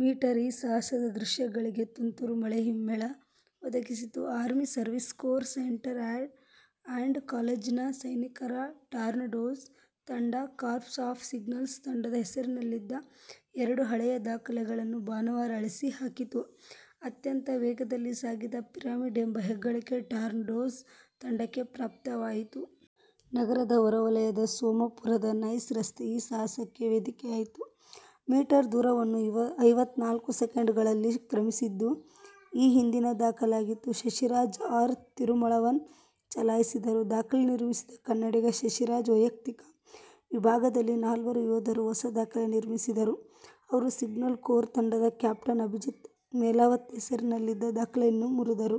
Metre ಈ ಸಾಹಸ ದೃಶ್ಯಗಳಿಗೆ ತುಂತುರು ಮಳೆ ಹಿಮ್ಮೇಳ ಒದಗಿಸಿತು. Army service corps centre and ಕಾಲೇಜ್ನ ಸೈನಿಕರ 'ಟಾರ್ನೆಡೋಸ್' ತಂಡ, 'ಕಾರ್ಪ್ಸ್ ಆಫ್ ಸಿಗ್ನಲ್ಸ್' ತಂಡದ ಹೆಸರಿನಲ್ಲಿದ್ದ ಎರಡು ಹಳೆಯ ದಾಖಲೆಗಳನ್ನು ಭಾನುವಾರ ಅಳಿಸಿ ಹಾಕಿತು. ಅತ್ಯಂತ ವೇಗದಲ್ಲಿ ಸಾಗಿದ ಪಿರಮಿಡ್ ಎಂಬ ಹೆಗ್ಗಳಿಕೆ ಟಾರ್ನೆಡೋಸ್ ತಂಡಕ್ಕೆ ಪ್ರಾಪ್ತವಾಯಿತು. ನಗರದ ಹೊರವಲಯದ ಸೋಮಪುರದ ನೈಸ್ ರಸ್ತೆ ಈ ಸಾಹಸಕ್ಕೆ ವೇದಿಕೆಯಾಯಿತು. ಮೀಟರ್ ದೂರವನ್ನು ಐವತ್ತನಾಲ್ಕು ಸೆಕೆಂಡ್ಗಳಲ್ಲಿ ಕ್ರಮಿಸಿದ್ದು ಈ ಹಿಂದಿನ ದಾಖಲೆ ಆಗಿತ್ತು. ಶಶಿರಾಜ, ಆರ್. ತಿರುಮಾಳವನ್ ಚಲಾಯಿಸಿದರು. ದಾಖಲೆ ನಿರ್ಮಿಸಿದ ಕನ್ನಡಿಗ ಶಶಿರಾಜ ವೈಯಕ್ತಿಕ ವಿಭಾಗದಲ್ಲಿ ನಾಲ್ವರು ಯೋಧರು ಹೊಸ ದಾಖಲೆ ನಿರ್ಮಿಸಿದರು. ಅವರು ಸಿಗ್ನಲ್ ಕೋರ್ ತಂಡದ ಕ್ಯಾಪ್ಟನ್ ಅಭಿಜಿತ್ ಮೆಲಾವತ್ ಹೆಸರಿನಲ್ಲಿದ್ದ ದಾಖಲೆಯನ್ನು ಮುರಿದರು.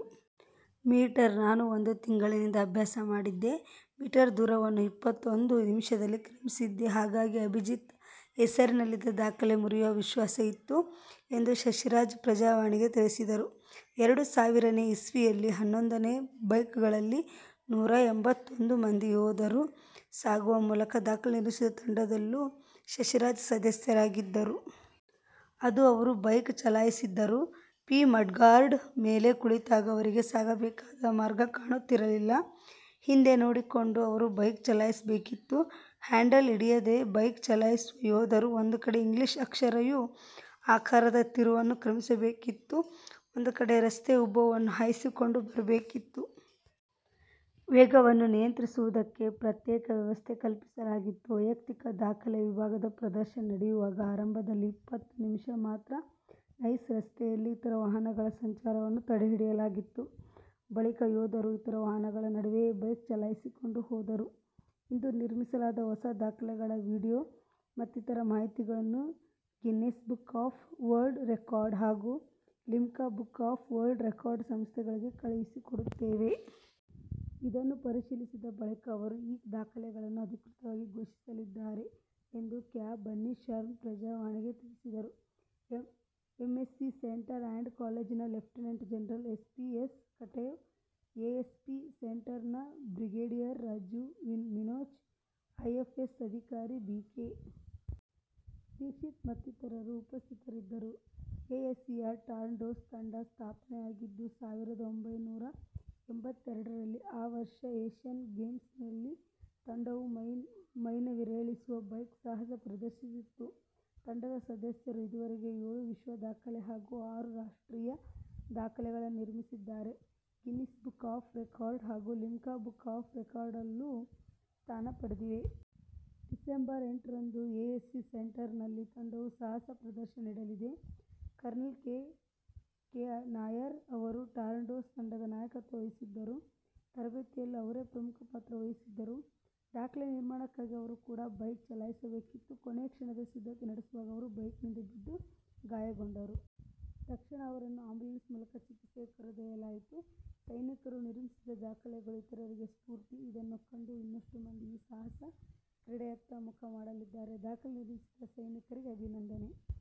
ಮೀಟರ್ 'ನಾನು ಒಂದು ತಿಂಗಳಿನಿಂದ ಅಭ್ಯಾಸ ಮಾಡಿದ್ದೆ. ಮೀಟರ್ ದೂರವನ್ನು ಇಪ್ಪತ್ತೊಂದು ನಿಮಿಷದಲ್ಲಿ ಕ್ರಮಿಸಿದ್ದೆ, ಹಾಗಾಗಿ ಅಭಿಜಿತ್ ಹೆಸರಿನಲ್ಲಿದ್ದ ದಾಖಲೆ ಮುರಿಯುವ ವಿಶ್ವಾಸ ಇತ್ತು ಎಂದು ಶಶಿರಾಜ 'ಪ್ರಜಾವಾಣಿ'ಗೆ ತಿಳಿಸಿದರು. ಎರಡು ಸಾವಿರನೇ ಇಸವಿಯಲ್ಲಿ ಹನ್ನೊಂದನೇ ಬೈಕ್ಗಳಲ್ಲಿ ನೂರ ಎಂಭತ್ತೊಂದು ಮಂದಿ ಯೋಧರು ಸಾಗುವ ಮೂಲಕ ದಾಖಲೆ ನಿರ್ಮಿಸಿದ ತಂಡದಲ್ಲೂ ಶಶಿರಾಜ ಸದಸ್ಯರಾಗಿದ್ದರು. ಅಂದು ಅವರೂ ಬೈಕ್ ಚಲಾಯಿಸಿದ್ದರು. ಪಿ. ಮಡ್ಗಾರ್ಡ್ ಮೇಲೆ ಕುಳಿತಾಗ ಅವರಿಗೆ ಸಾಗಬೇಕಾದ ಮಾರ್ಗ ಕಾಣುತ್ತಿರಲಿಲ್ಲ. ಹಿಂದೆ ನೋಡಿಕೊಂಡು ಅವರು ಬೈಕ್ ಚಲಾಯಿಸಬೇಕಿತ್ತು. ಹ್ಯಾಂಡಲ್ ಹಿಡಿಯದೆಯೇ ಬೈಕ್ ಚಲಾಯಿಸುವ ಯೋಧರು ಒಂದು ಕಡೆ ಇಂಗ್ಲಿಷ್ ಅಕ್ಷರ ಯೂ ಆಕಾರದ ತಿರುವನ್ನು ಕ್ರಮಿಸಬೇಕಿತ್ತು. ಒಂದು ಕಡೆ ರಸ್ತೆ ಉಬ್ಬನ್ನು ಹಾಯಿಸಿಕೊಂಡು ಬರಬೇಕಿತ್ತು. ವೇಗವನ್ನು ನಿಯಂತ್ರಿಸುವುದಕ್ಕೆ ಪ್ರತ್ಯೇಕ ವ್ಯವಸ್ಥೆ ಕಲ್ಪಿಸಲಾಗಿತ್ತು. ವೈಯಕ್ತಿಕ ದಾಖಲೆ ವಿಭಾಗದ ಪ್ರದರ್ಶನ ನಡೆಯುವಾಗ ಆರಂಭದಲ್ಲಿ ಇಪ್ಪತ್ತು ನಿಮಿಷ ಮಾತ್ರ ನೈಸ್ ರಸ್ತೆಯಲ್ಲಿ ಇತರ ವಾಹನಗಳ ಸಂಚಾರವನ್ನು ತಡೆ ಹಿಡಿಯಲಾಗಿತ್ತು. ಬಳಿಕ ಯೋಧರು ಇತರ ವಾಹನಗಳ ನಡುವೆಯೇ ಬೈಕ್ ಚಲಾಯಿಸಿಕೊಂಡು ಹೋದರು. 'ಇಂದು ನಿರ್ಮಿಸಲಾದ ಹೊಸ ದಾಖಲೆಗಳ ವಿಡಿಯೊ ಮತ್ತಿತರ ಮಾಹಿತಿಗಳನ್ನು Guinness book of world record ಹಾಗೂ Limca book of world record ಸಂಸ್ಥೆಗಳಿಗೆ ಕಳುಹಿಸಿಕೊಡುತ್ತೇವೆ. ಇದನ್ನು ಪರಿಶೀಲಿಸಿದ ಬಳಿಕ ಅವರು ಈ ದಾಖಲೆಗಳನ್ನು ಅಧಿಕೃತವಾಗಿ ಘೋಷಿಸಲಿದ್ದಾರೆ' ಎಂದು ಕ್ಯಾ. ಬನ್ನಿ ಶರ್ಮ 'ಪ್ರಜಾವಾಣಿ'ಗೆ ತಿಳಿಸಿದರು. ಎಎಸ್ಸಿ ಸೆಂಟರ್ ಅಂಡ್ ಕಾಲೇಜಿನ lieutenant general S. P. S Katewa, ASC ಸೆಂಟರ್ನ ಬ್ರಿಗೇಡಿಯರ್ ರಾಜೀವ್ ಮಿನೋಚ, ಐಎಫ್ಎಸ್ ಅಧಿಕಾರಿ ಬಿ. ಕೆ. ದೀಕ್ಷಿತ್ ಮತ್ತಿತರರು ಉಪಸ್ಥಿತರಿದ್ದರು. ಎಎಸ್ಸಿಯ ಟಾರ್ನೆಡೋಸ್ ತಂಡ ಸ್ಥಾಪನೆ ಆಗಿದ್ದು ಸಾವಿರದ ಒಂಭೈನೂರ ಎಂಭತ್ತೆರಡರಲ್ಲಿ. ಆ ವರ್ಷ ಏಷ್ಯನ್ ಗೇಮ್ಸ್ನಲ್ಲಿ ತಂಡವು ಮೈನವಿರೇಳಿಸುವ ಬೈಕ್ ಸಾಹಸ ಪ್ರದರ್ಶಿಸಿತ್ತು. ತಂಡದ ಸದಸ್ಯರು ಇದುವರೆಗೆ ಏಳು ವಿಶ್ವದಾಖಲೆ ಹಾಗೂ ಆರು ರಾಷ್ಟ್ರೀಯ ದಾಖಲೆಗಳನ್ನು ನಿರ್ಮಿಸಿದ್ದಾರೆ. ಗಿನ್ನಿಸ್ ಬುಕ್ ಆಫ್ ರೆಕಾರ್ಡ್ ಹಾಗೂ ಲಿಮ್ಕಾ ಬುಕ್ ಆಫ್ ರೆಕಾರ್ಡ್ನಲ್ಲೂ ಸ್ಥಾನ ಪಡೆದಿವೆ. ಡಿಸೆಂಬರ್ ಎಂಟರಂದು ಎ ಎಸ್ಸಿ ಸೆಂಟರ್ನಲ್ಲಿ ತಂಡವು ಸಾಹಸ ಪ್ರದರ್ಶನ ನೀಡಲಿದೆ. Colonel K. ಕೆ. ನಾಯರ್ ಅವರು ಟಾರ್ನೆಡೋಸ್ ತಂಡದ ನಾಯಕತ್ವ ವಹಿಸಿದ್ದರು. ತರಬೇತಿಯಲ್ಲೂ ಅವರೇ ಪ್ರಮುಖ ಪಾತ್ರ ವಹಿಸಿದ್ದರು. ದಾಖಲೆ ನಿರ್ಮಾಣಕ್ಕಾಗಿ ಅವರು ಕೂಡ ಬೈಕ್ ಚಲಾಯಿಸಬೇಕಿತ್ತು. ಕೊನೆಯ ಕ್ಷಣದ ಸಿದ್ಧತೆ ನಡೆಸುವಾಗ ಅವರು ಬೈಕಿನಿಂದ ಬಿದ್ದು ಗಾಯಗೊಂಡರು. ತಕ್ಷಣ ಅವರನ್ನು ಆಂಬುಲೆನ್ಸ್ ಮೂಲಕ ಚಿಕಿತ್ಸೆಗೆ ಕರೆದೊಯ್ಯಲಾಯಿತು. ಸೈನಿಕರು ನಿರ್ಮಿಸಿದ ದಾಖಲೆಗಳು ಇತರರಿಗೂ ಸ್ಫೂರ್ತಿ. ಇದನ್ನು ಕಂಡು ಇನ್ನಷ್ಟು ಮಂದಿ ಈ ಸಾಹಸ ಕ್ರೀಡೆಯತ್ತ ಮುಖ ಮಾಡಲಿದ್ದಾರೆ. ದಾಖಲೆ ನಿರ್ಮಿಸಿದ ಸೈನಿಕರಿಗೆ ಅಭಿನಂದನೆ